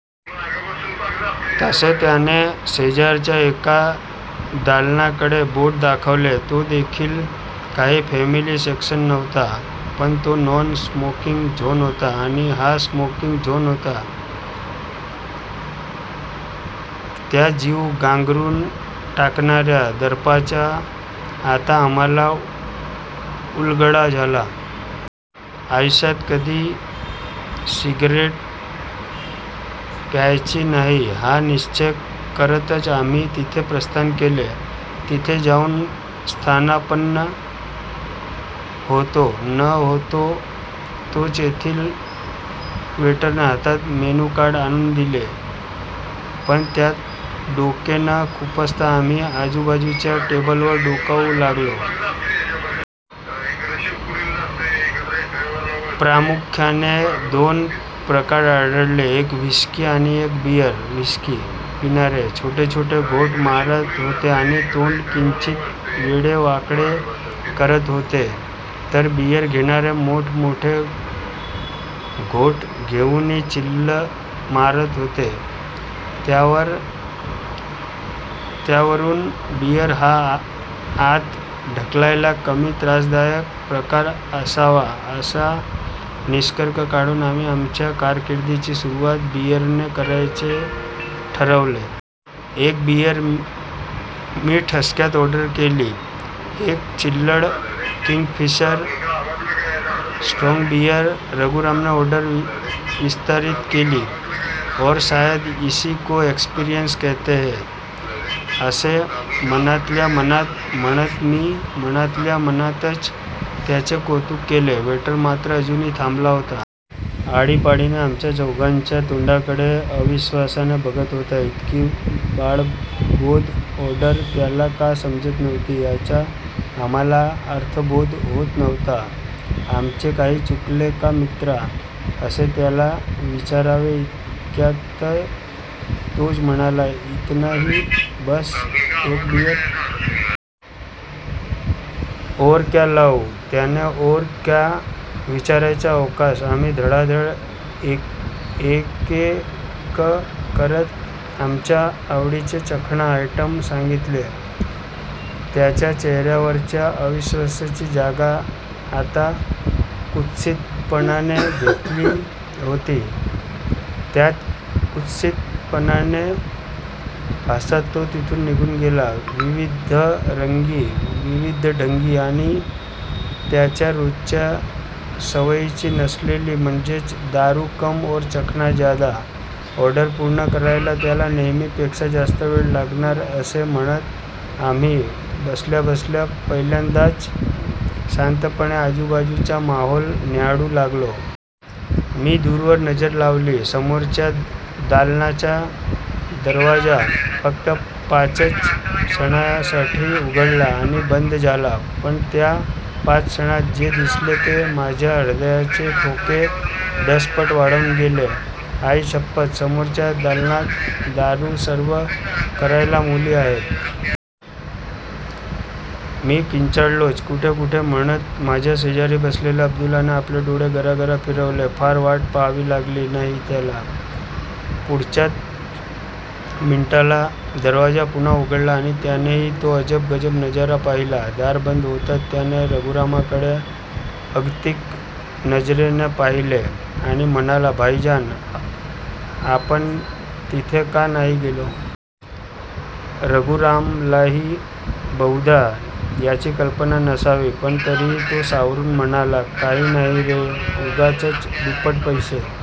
तसे त्याने शेजारच्या एका दालनाकडे बोट दाखवले. तो देखील काही फॅमिली सेक्शन नव्हता. पण तो नॉन स्मोकिंग झोन होता आणि हा स्मोकिंग झोन होता. त्या जीव गांगरून टाकणार्या दर्पाचा आता आम्हाला उलगडा झाला. आयुष्यात कधी सिगारेट प्यायची नाही हा निश्चय करतच आम्ही तिथे प्रस्थान केले. तिथे जाऊन स्थानापन्न होतो न होतो तोच तेथील वेटरने हातात मेनूकार्ड आणून दिले. पण त्यात डोके न खुपसता आम्ही आजूबाजुच्या टेबलवर डोकावू लागलो. प्रामुख्याने दोन प्रकार आढळले. एक व्हिस्की आणि एक बीअर. व्हिस्की पिणारे छोटे छोटे घोट मारत होते आणि तोंड किंचित वेडेवाकडे करत होते. तर बीअर घेणारे मोठमोठे घोट घेऊनही चिल्ल मारत होते. त्यावरून बीअर हा आत ढकलायला कमी त्रासदायक प्रकार असावा असा निष्कर्श काढून आम्ही आमच्या कारकिर्दीची सुरुवात बीअरने करायचे ठरवले. एक बीअर! मी ठसक्यात ऑर्डर केली. एक चिल्लड् किंगफिशर स्ट्रॉंग बीअर! रघुरामने ऑर्डर विस्तारीत केली. और शायद ईसी को एक्सपिरंन्स कहते है, असे मनातल्या मनात म्हणत मी मनातल्या मनातच त्याचे कौतुक केले. वेटर मात्र अजूनही थांबला होता. आळीपाळीने आम्हा चौघांच्या तोंडाकडे अविश्वासाने बघत होता. ईतकी बाळबोध ऑर्डर त्याला का समजत नव्हती याचा आम्हाला अर्थबोध होत नव्हता. आमचे काही चुकले का मित्रा, असे त्याला विचारावे ईतक्यात तोच म्हणाला, ईतनाही?? बस्स एक बीअर.. और क्या लाऊ? त्याने और क्या विचारायचा अवकाश, आम्ही धडाधड एकेक करत आमच्या आवडीचे चखना आयटम सांगितले.. त्याच्या चेहर्यावरच्या अविश्वासाची जागा आता कुत्सितपणाने घेतली होती. त्याच कुत्सितपणाने हसत तो तिथून निघून गेला. विविधरंगी, विविधढंगी, आणि त्याच्या रोजच्या सवयीची नसलेली, म्हणजेच 'दारू कम और चखना ज्यादा' ऑर्डर पुर्ण करायला त्याला नेहमीपेक्षा जास्त वेळ लागणार असे म्हणत आम्ही बसल्याबसल्या, पहिल्यांदाच शांतपणे आजूबाजुचा माहौल न्याहाळू लागलो. मी दूरवर नजर लावली. समोरच्या दालनाचा दरवाजा फक्त पाचच क्षणांसाठी उघडला. आणि बंद झाला. पण त्या पाच क्षणांत जे दिसले ते माझ्या हृदयाचे ठोके दसपट वाढवून गेले. आईशप्पथ! समोरच्या दालनात दारू सर्व्ह करायला मुली आहेत.. मी किंचाळलोच. कुठे कुठे, म्हणत माझ्या शेजारी बसलेल्या अब्दुल्लाने आपले डोळे गरागरा फिरवले. फार वाट पहावी लागली नाही त्याला. पुढच्याच मिनिटाला दरवाजा पुन्हा उघडला आणि त्यानेही तो अजब गजब नजारा पाहिला. दार बंद होताच त्याने रघुरामकडे अगतिक नजरेने पाहिले आणि म्हणाला, "भाईजान, आपण तिथे का नाही गेलो? "रघुरामलाही बहुधा याची कल्पना नसावी. पण तरीही तो सावरून म्हणाला, "काही नाही रे, उगाचच दुप्पट पैसे